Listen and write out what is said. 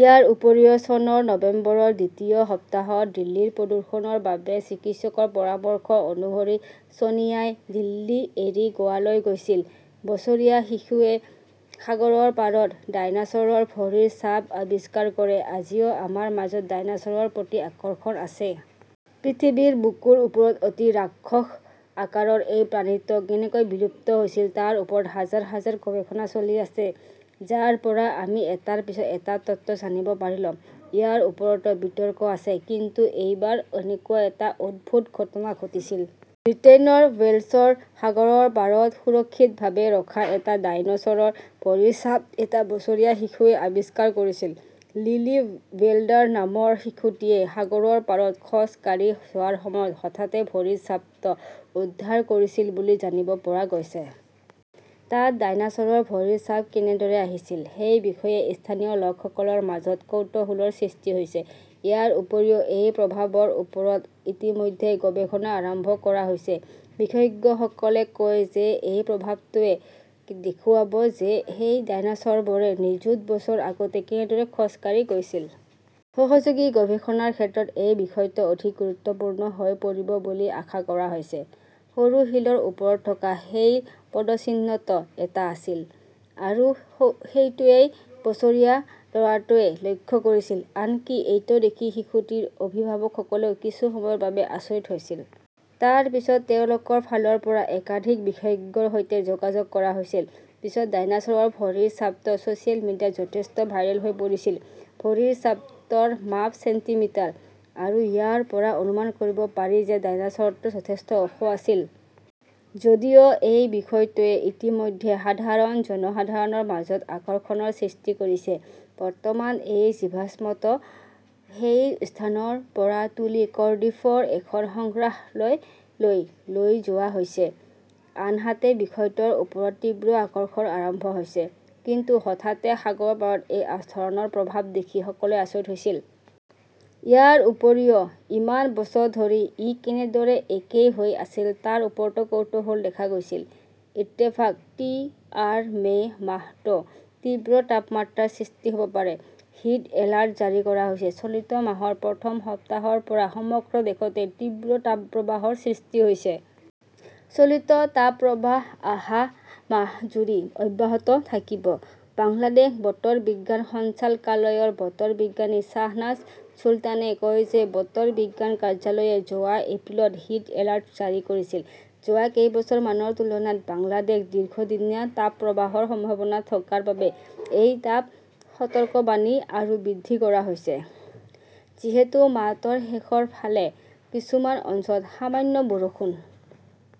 ইয়াৰ উপৰিও, চনৰ নৱেম্বৰৰ দ্বিতীয় সপ্তাহত দিল্লীৰ প্ৰদূষণৰ বাবে চিকিৎসকৰ পৰামৰ্শ অনুসৰি ছোনিয়াই দিল্লী এৰি গোৱালৈ গৈছিল। বছৰীয়া শিশুৱে সাগৰৰ পাৰত ডাইনোছৰৰ ভৰিৰ ছাপ আৱিষ্কাৰ কৰে আজিও আমাৰ মাজত ডাইনোছৰৰ প্ৰতি আকৰ্ষণ আছে। পৃথিৱীৰ বুকুৰ ওপৰত অতি ৰাক্ষস আকাৰৰ এই প্ৰাণীটো কেনেকৈ বিলুপ্ত হৈছিল তাৰ ওপৰত হাজাৰ হাজাৰ গৱেষণা চলি আছে। যাৰ পৰা আমি এটাৰ পিছত এটা তত্ত্ব জানিব পাৰিলো। ইয়াৰ ওপৰতো বিতৰ্ক আছে। কিন্তু এইবাৰ এনেকুৱা এটা অদ্ভুত ঘটনা ঘটিছিল। ব্ৰিটেইনৰ ৱেলছৰ সাগৰৰ পাৰত সুৰক্ষিতভাৱে ৰখা এটা ডাইনোছৰৰ ভৰিৰ ছাপ এটা বছৰীয়া শিশুৱে আৱিষ্কাৰ কৰিছিল। লিলি ৱেল্ডাৰ নামৰ শিশুটিৱে সাগৰৰ পাৰত খোজ কাঢ়ি যোৱাৰ সময়ত হঠাতে ভৰিৰ ছাপটো উদ্ধাৰ কৰিছিল বুলি জানিব পৰা গৈছে। তাত ডাইনোছৰৰ ভৰিৰ ছাপ কেনেদৰে আহিছিল সেই বিষয়ে স্থানীয় লোকসকলৰ মাজত কৌতূহলৰ সৃষ্টি হৈছে। ইয়াৰ উপৰিও, এই প্ৰভাৱৰ ওপৰত ইতিমধ্যে গৱেষণা আৰম্ভ কৰা হৈছে। বিশেষজ্ঞসকলে কয় যে এই প্ৰভাৱটোৱে দেখুৱাব যে সেই ডাইনোছৰবোৰে নিযুত বছৰ আগতে কেনেদৰে খোজ কাঢ়ি গৈছিল। সহযোগী গৱেষণাৰ ক্ষেত্ৰত এই বিষয়টো অধিক গুৰুত্বপূৰ্ণ হৈ পৰিব বুলি আশা কৰা হৈছে। সৰু শিলৰ ওপৰত থকা সেই পদচিহ্নটো এটা আছিল। আৰু সেইটোৱেই বছৰীয়া ল "ৰাটোৱে লক্ষ্য কৰিছিল। আনকি এইটো দেখি শিশুটিৰ অভিভাৱকসকলেও কিছু সময়ৰ বাবে আচৰিত হৈছিল। তাৰ পিছতে তেওঁলোকৰ ফালৰ পৰা একাধিক বিশেষজ্ঞৰ সৈতে যোগাযোগ কৰা হৈছিল। পিছত ডাইনোছৰৰ ভৰিৰ ছাপটো ছ "চিয়েল মিডিয়াত যথেষ্ট ভাইৰেল হৈ পৰিছিল। ভৰিৰ ছাপটোৰ মাপ চেণ্টিমিটাৰ। আৰু ইয়াৰ পৰা অনুমান কৰিব পাৰি যে ডাইনোছৰটো যথেষ্ট ওখ আছিল। যদিও এই বিষয়টোৱে ইতিমধ্যে সাধাৰণ জনসাধাৰণৰ মাজত আকৰ্ষণৰ সৃষ্টি কৰিছে। বৰ্তমান এই জীৱাশ্মটো সেই স্থানৰ পৰা তুলি কৰ্ডিফৰ এখন সংগ্ৰহালয়লৈ লৈ যোৱা হৈছে। আনহাতে, বিষয়টোৰ ওপৰত তীব্ৰ আকৰ্ষণ আৰম্ভ হৈছে। কিন্তু হঠাতে সাগৰৰ পাৰত এই ধৰণৰ প্ৰভাৱ দেখি সকলোৱে আচৰিত হৈছিল। ইয়াৰ উপৰিও, ইমান বছৰ ধৰি ই কেনেদৰে একেই হৈ আছিল তাৰ ওপৰতো কৌতূহল দেখা গৈছিল। ইত্তেফাক/টিআৰ মে "মাহতো তীব্ৰ তাপমাত্ৰাৰ সৃষ্টি হ" ব পাৰে, হিট এলাৰ্ট জাৰি কৰা হৈছে চলিত মাহৰ প্ৰথম সপ্তাহৰ পৰা সমগ্ৰ দেশতে তীব্ৰ তাপপ্ৰবাহৰ সৃষ্টি হৈছে। চলিত তাপপ্ৰবাহ অহা মাহজুৰি অব্যাহত থাকিব। বাংলাদেশ বতৰ বিজ্ঞান সঞ্চালকালয়ৰ বতৰ বিজ্ঞানী শ্বাহনাজ চুলতানে কয় যে বতৰ বিজ্ঞান কাৰ্যালয়ে যোৱা এপ্ৰিলত হিট এলাৰ্ট জাৰি কৰিছিল। যোৱা কেইবছৰমানৰ তুলনাত বাংলাদেশত দীৰ্ঘদিনীয়া তাপপ্ৰবাহৰ সম্ভাৱনা থকাৰ বাবে এই তাপ সতৰ্কবাণী আৰু বৃদ্ধি কৰা হৈছে। যিহেতু মাহটোৰ শেষৰ ফালে কিছুমান অঞ্চলত সামান্য বৰষুণ